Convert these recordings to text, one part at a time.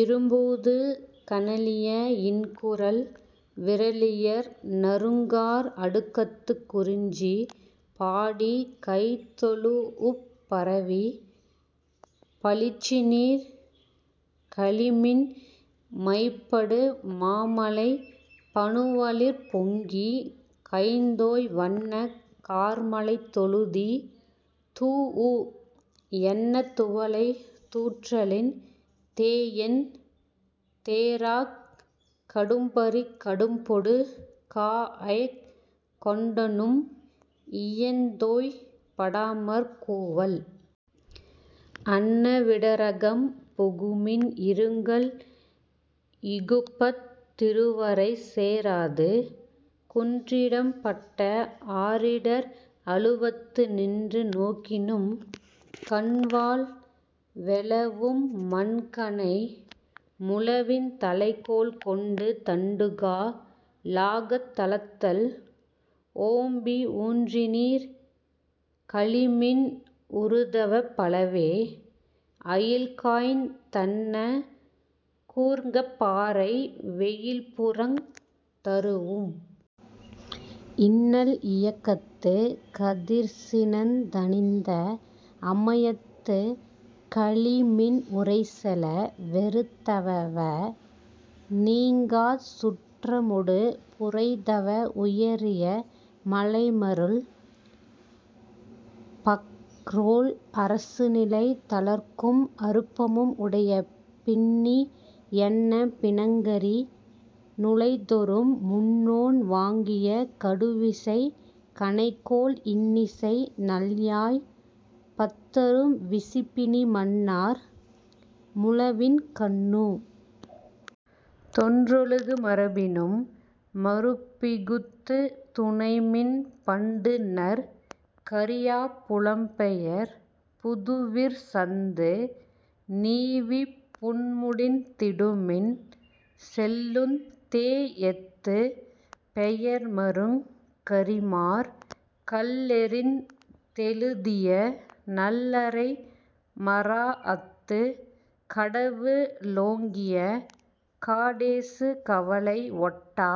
இறும்பூது கஞலிய இன்குரல் விறலியர் நறுங்கார் அடுக்கத்துக் குறிஞ்சி பாடிக் கைதொழூஉப் பரவிப் பழிச்சினிர் கழிமின் மைபடு மாமலை பனுவலிற் பொங்கிக் கைதோய் வன்ன கார்மழைத் தொழுதி தூஉ யன்ன துவலை தூற்றலின் தேஎந் தேறாக் கடும்பரிக் கடும்பொடு காஅய்க் கொண்டநும் இயந்தொய் படாமற் கூவல் அன்ன விடரகம் புகுமின் இருங்கல் இகுப்பத் திறுவரை சேராது குன்றிடம் பட்ட ஆரிடர் அழுவத்து நின்று நோக்கினும் கண்வாள் வெளவும் மண்கனை முழவின் தலைக்கோல் கொண்டு தண்டுகா லாகத் தளர்தல் ஓம்பி ஊன்றினிர் கழிமின் ஊறுதவப் பலவே அயில்காய்ந் தன்ன கூர்ங்கற் பாறை வெயில்புறந் தரூஉம் இன்னல் இயக்கத்துக் கதிர்சினந் தணிந்த அமயத்துக் கழிமின் உரைசெல வெறுத்தவவ னீங்காச் சுற்றமொடு புரைதவ உயரிய மழைமருள் பஃறோல் அரசுநிலை தளர்க்கும் அருப்பமும் உடைய பின்னி யன்ன பிணங்கரி னுழைதொறும் முன்னோன் வாங்கிய கடுவிசைக் கணைக்கோல் இன்னிசை நல்யாழ்ப் பத்தரும் விசிபிணி மண்ணார் முழவின் கண்ணு தொன்றொழுகு மரபினும் மருப்பிகுத்துத் துனைமின் பண்டுநற் கறியாப் புலம்பெயர் புதுவிர் சந்து நீவிப் புன்முடிந் திடுமின் செல்லுந் தேஎத்துப் பெயர்மருங் கறிமார் கல்லெறிந் தெழுதிய நல்லரை மராஅத்து கடவு ளோங்கிய காடேசு கவலை ஒட்டா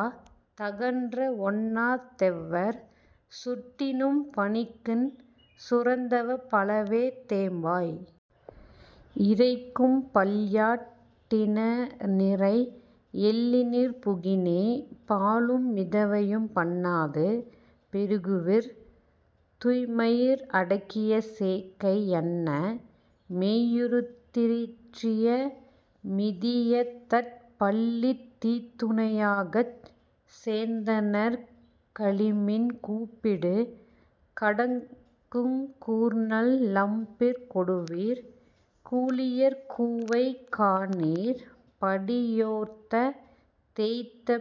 தகன்ற ஒன்னாத் தெவ்வர் சுட்டினும் பனிக்குஞ் சுரந்தவப் பலவே தேம்பாய் இரைக்கும் பல்யாட் டினநிரை எல்லினிர் புகினே பாலும் மிதவையும் பண்ணாது பெறுகுவிர் துய்ம்மயிர் அடக்கிய சேக்கை யன்ன மெய்யுரித் தியற்றிய மிதியதட் பள்ளித் தீத்துணை யாகச் சேந்தனர் கழிமின் கூப்பிடு கடக்குங் கூர்நல் லம்பிற் கொடுவிற் கூளியர் கூவை காணிற் படியோர்த்த தேய்த்த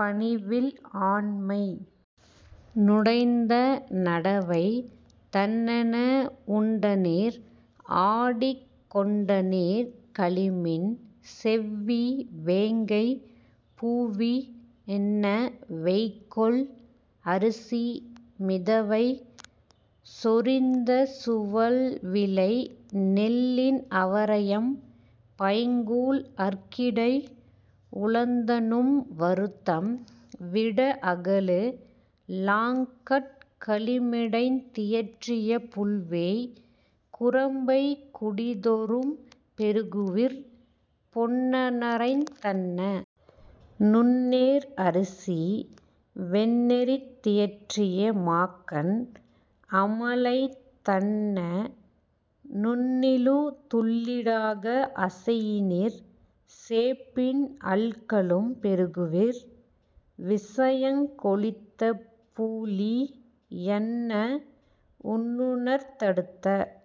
பணிவில் ஆண்மைக் ணுடைந்த நடவை தண்ணென உண்டனிர் ஆடிக் கொண்டனிர் கழிமின் செவ்வீ வேங்கைப் பூவி யென்ன வேய்கொள் அரிசி மிதவை சொரிந்த சுவல்விளை நெல்லின் அவரையம் பைங்கூழ் அற்கிடை உழந்தநும் வருத்தம் விட அகலு ளாங்கட் கழிமிடைந் தியற்றிய புல்வேய் குரம்பைக் குடிதொறும் பெறுகுவிர் பொன்னறைந் தன்ன நுண்ணேர் அரிசி வெண்ணெறிந் தியற்றிய மாக்கண் அமலை தண்ணெ ணுண்ணிழு துள்ளீ டாக அசையினிர் சேப்பின் அல்கலும் பெறுகுவிர் விசையங் கொழித்த பூழி யன்ன உண்ணுநர்த் தடுத்த